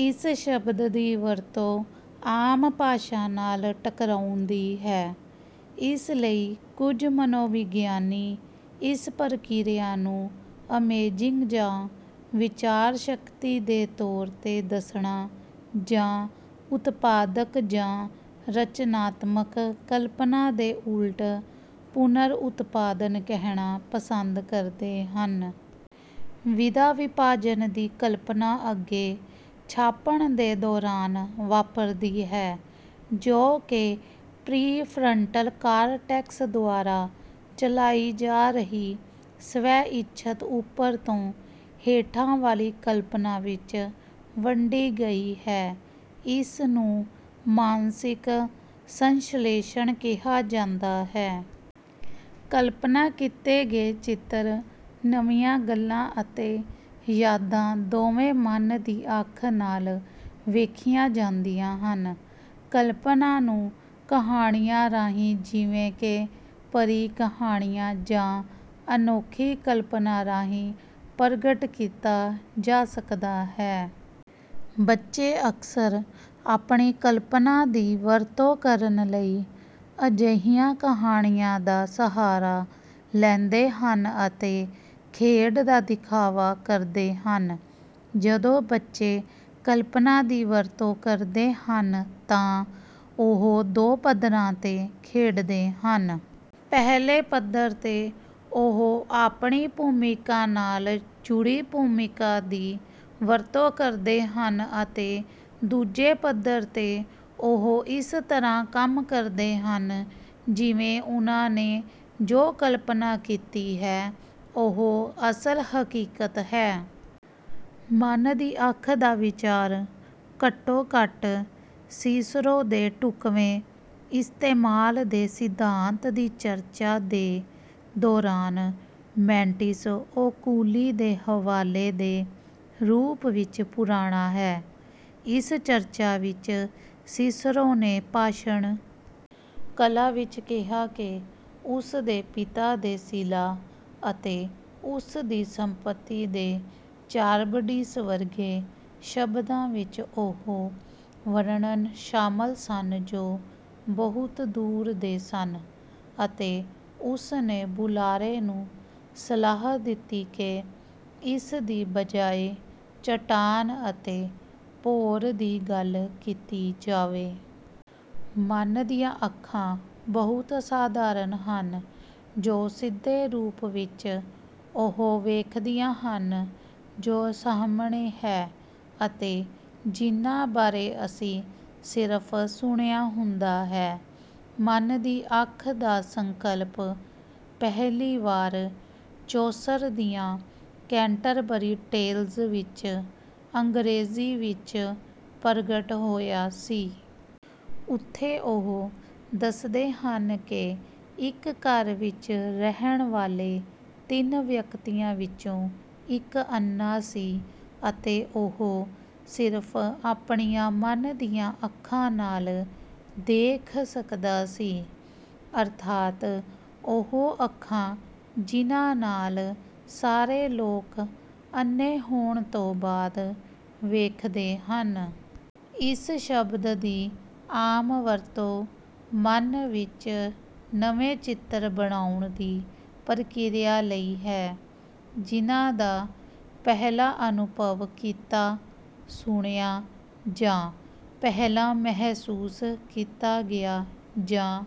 ਇਸ ਸ਼ਬਦ ਦੀ ਵਰਤੋਂ ਆਮ ਭਾਸ਼ਾ ਨਾਲ ਟਕਰਾਉਂਦੀ ਹੈ। ਇਸ ਲਈ ਕੁਝ ਮਨੋਵਿਗਿਆਨੀ ਇਸ ਪ੍ਰਕਿਰਿਆ ਨੂੰ "ਇਮੇਜਿੰਗ" ਜਾਂ "ਵਿਚਾਰ ਸ਼ਕਤੀ" ਦੇ ਤੌਰ 'ਤੇ ਦੱਸਣਾ ਜਾਂ "ਉਤਪਾਦਕ" ਜਾਂ "ਰਚਨਾਤਮਕ" ਕਲਪਨਾ ਦੇ ਉਲਟ "ਪੁਨਰ-ਉਤਪਾਦਨ" ਕਹਿਣਾ ਪਸੰਦ ਕਰਦੇ ਹਨ। ਵਿਧਾ-ਵਿਭਾਜਨ ਦੀ ਕਲਪਨਾ ਅੱਗੇ ਛਾਪਣ ਦੇ ਦੌਰਾਨ ਵਾਪਰਦੀ ਹੈ, ਜੋ ਕਿ ਪ੍ਰੀਫਰੰਟਲ ਕਾਰਟੈਕਸ ਦੁਆਰਾ ਚਲਾਈ ਜਾ ਰਹੀ ਸਵੈ-ਇੱਛਤ ਉੱਪਰ ਤੋਂ ਹੇਠਾਂ ਵਾਲੀ ਕਲਪਨਾ ਵਿੱਚ ਵੰਡੀ ਗਈ ਹੈ। ਇਸ ਨੂੰ ਮਾਨਸਿਕ ਸੰਸ਼ਲੇਸ਼ਣ ਕਿਹਾ ਜਾਂਦਾ ਹੈ। ਕਲਪਨਾ ਕੀਤੇ ਗਏ ਚਿੱਤਰ, ਨਵੀਆਂ ਗੱਲਾਂ ਅਤੇ ਯਾਦਾਂ ਦੋਵੇਂ "ਮਨ ਦੀ ਅੱਖ" ਨਾਲ ਵੇਖੀਆਂ ਜਾਂਦੀਆਂ ਹਨ। ਕਲਪਨਾ ਨੂੰ ਕਹਾਣੀਆਂ ਰਾਹੀਂ ਜਿਵੇਂ ਕਿ ਪਰੀ ਕਹਾਣੀਆਂ ਜਾਂ ਅਨੋਖੀ ਕਲਪਨਾ ਰਾਹੀਂ ਪ੍ਰਗਟ ਕੀਤਾ ਜਾ ਸਕਦਾ ਹੈ। ਬੱਚੇ ਅਕਸਰ ਆਪਣੀ ਕਲਪਨਾ ਦੀ ਵਰਤੋਂ ਕਰਨ ਲਈ ਅਜਿਹੀਆਂ ਕਹਾਣੀਆਂ ਦਾ ਸਹਾਰਾ ਲੈਂਦੇ ਹਨ ਅਤੇ ਖੇਡ ਦਾ ਦਿਖਾਵਾ ਕਰਦੇ ਹਨ। ਜਦੋਂ ਬੱਚੇ ਕਲਪਨਾ ਦੀ ਵਰਤੋਂ ਕਰਦੇ ਹਨ ਤਾਂ ਉਹ ਦੋ ਪੱਧਰਾਂ 'ਤੇ ਖੇਡਦੇ ਹਨ। ਪਹਿਲੇ ਪੱਧਰ 'ਤੇ ਉਹ ਆਪਣੀ ਭੂਮਿਕਾ ਨਾਲ ਜੁੜੀ ਭੂਮਿਕਾ ਦੀ ਵਰਤੋਂ ਕਰਦੇ ਹਨ ਅਤੇ ਦੂਜੇ ਪੱਧਰ 'ਤੇ ਉਹ ਇਸ ਤਰ੍ਹਾਂ ਕੰਮ ਕਰਦੇ ਹਨ ਜਿਵੇਂ ਉਨ੍ਹਾਂ ਨੇ ਜੋ ਕਲਪਨਾ ਕੀਤੀ ਹੈ ਉਹ ਅਸਲ, ਹਕੀਕਤ ਹੈ। "ਮਨ ਦੀ ਅੱਖ" ਦਾ ਵਿਚਾਰ ਘੱਟ ਤੋਂ ਘੱਟ ਸਿਸਰੋ ਦੇ ਢੁਕਵੇਂ ਇਸਤੇਮਾਲ ਦੇ ਸਿਧਾਂਤ ਦੀ ਚਰਚਾ ਦੇ ਦੌਰਾਨ ਮੈਂਟਿਸ ਓਕੂਲੀ ਦੇ ਹਵਾਲੇ ਦੇ ਰੂਪ ਵਿੱਚ ਪੁਰਾਣਾ ਹੈ। ਇਸ ਚਰਚਾ ਵਿੱਚ ਸਿਸਰੋ ਨੇ ਭਾਸ਼ਣ ਕਲਾ ਵਿੱਚ ਕਿਹਾ ਕਿ "ਉਸ ਦੇ ਪਿਤਾ ਦੇ ਸਿਲਾ" ਅਤੇ "ਉਸ ਦੀ ਸੰਪਤੀ ਦੇ ਚਾਰਬਡੀਸ" ਵਰਗੇ ਸ਼ਬਦਾਂ ਵਿੱਚ ਉਹ ਵਰਣਨ ਸ਼ਾਮਲ ਸਨ ਜੋ "ਬਹੁਤ ਦੂਰ ਦੇ" ਸਨ ਅਤੇ ਉਸ ਨੇ ਬੁਲਾਰੇ ਨੂੰ ਸਲਾਹ ਦਿੱਤੀ ਕਿ ਇਸ ਦੀ ਬਜਾਏ "ਚੱਟਾਨ" ਅਤੇ "ਭੌਰ" ਦੀ ਗੱਲ ਕੀਤੀ ਜਾਵੇ। ਮਨ ਦੀਆਂ ਅੱਖਾਂ ਬਹੁਤ ਸਾਧਾਰਨ ਹਨ ਜੋ ਸਿੱਧੇ ਰੂਪ ਵਿੱਚ ਉਹ ਵੇਖਦੀਆਂ ਹਨ ਜੋ ਸਾਹਮਣੇ ਹੈ ਅਤੇ ਜਿਨ੍ਹਾਂ ਬਾਰੇ ਅਸੀਂ ਸਿਰਫ ਸੁਣਿਆ ਹੁੰਦਾ ਹੈ। "ਮਨ ਦੀ ਅੱਖ" ਦਾ ਸੰਕਲਪ ਪਹਿਲੀ ਵਾਰ ਚੌਸਰ ਦੀਆਂ ਕੈਂਟਰਬਰੀ ਟੇਲਜ਼ ਵਿੱਚ ਅੰਗਰੇਜ਼ੀ ਵਿੱਚ ਪ੍ਰਗਟ ਹੋਇਆ ਸੀ। ਉੱਥੇ ਉਹ ਦੱਸਦੇ ਹਨ ਕਿ ਇੱਕ ਘਰ ਵਿੱਚ ਰਹਿਣ ਵਾਲੇ ਤਿੰਨ ਵਿਅਕਤੀਆਂ ਵਿੱਚੋਂ ਇੱਕ ਅੰਨ੍ਹਾ ਸੀ ਅਤੇ ਉਹ ਸਿਰਫ "ਆਪਣੀਆਂ ਮਨ ਦੀਆਂ ਅੱਖਾਂ" ਨਾਲ ਦੇਖ ਸਕਦਾ ਸੀ। ਅਰਥਾਤ ਉਹ ਅੱਖਾਂ "ਜਿਨ੍ਹਾਂ ਨਾਲ ਸਾਰੇ ਲੋਕ ਅੰਨ੍ਹੇ ਹੋਣ ਤੋਂ ਬਾਅਦ ਵੇਖਦੇ ਹਨ"। ਇਸ ਸ਼ਬਦ ਦੀ ਆਮ ਵਰਤੋਂ ਮਨ ਵਿੱਚ ਨਵੇਂ ਚਿੱਤਰ ਬਣਾਉਣ ਦੀ ਪ੍ਰਕਿਰਿਆ ਲਈ ਹੈ ਜਿਨ੍ਹਾਂ ਦਾ ਪਹਿਲਾਂ ਅਨੁਭਵ ਕੀਤਾ, ਸੁਣਿਆ, ਜਾਂ ਪਹਿਲਾਂ ਮਹਿਸੂਸ ਕੀਤਾ ਗਿਆ, ਜਾਂ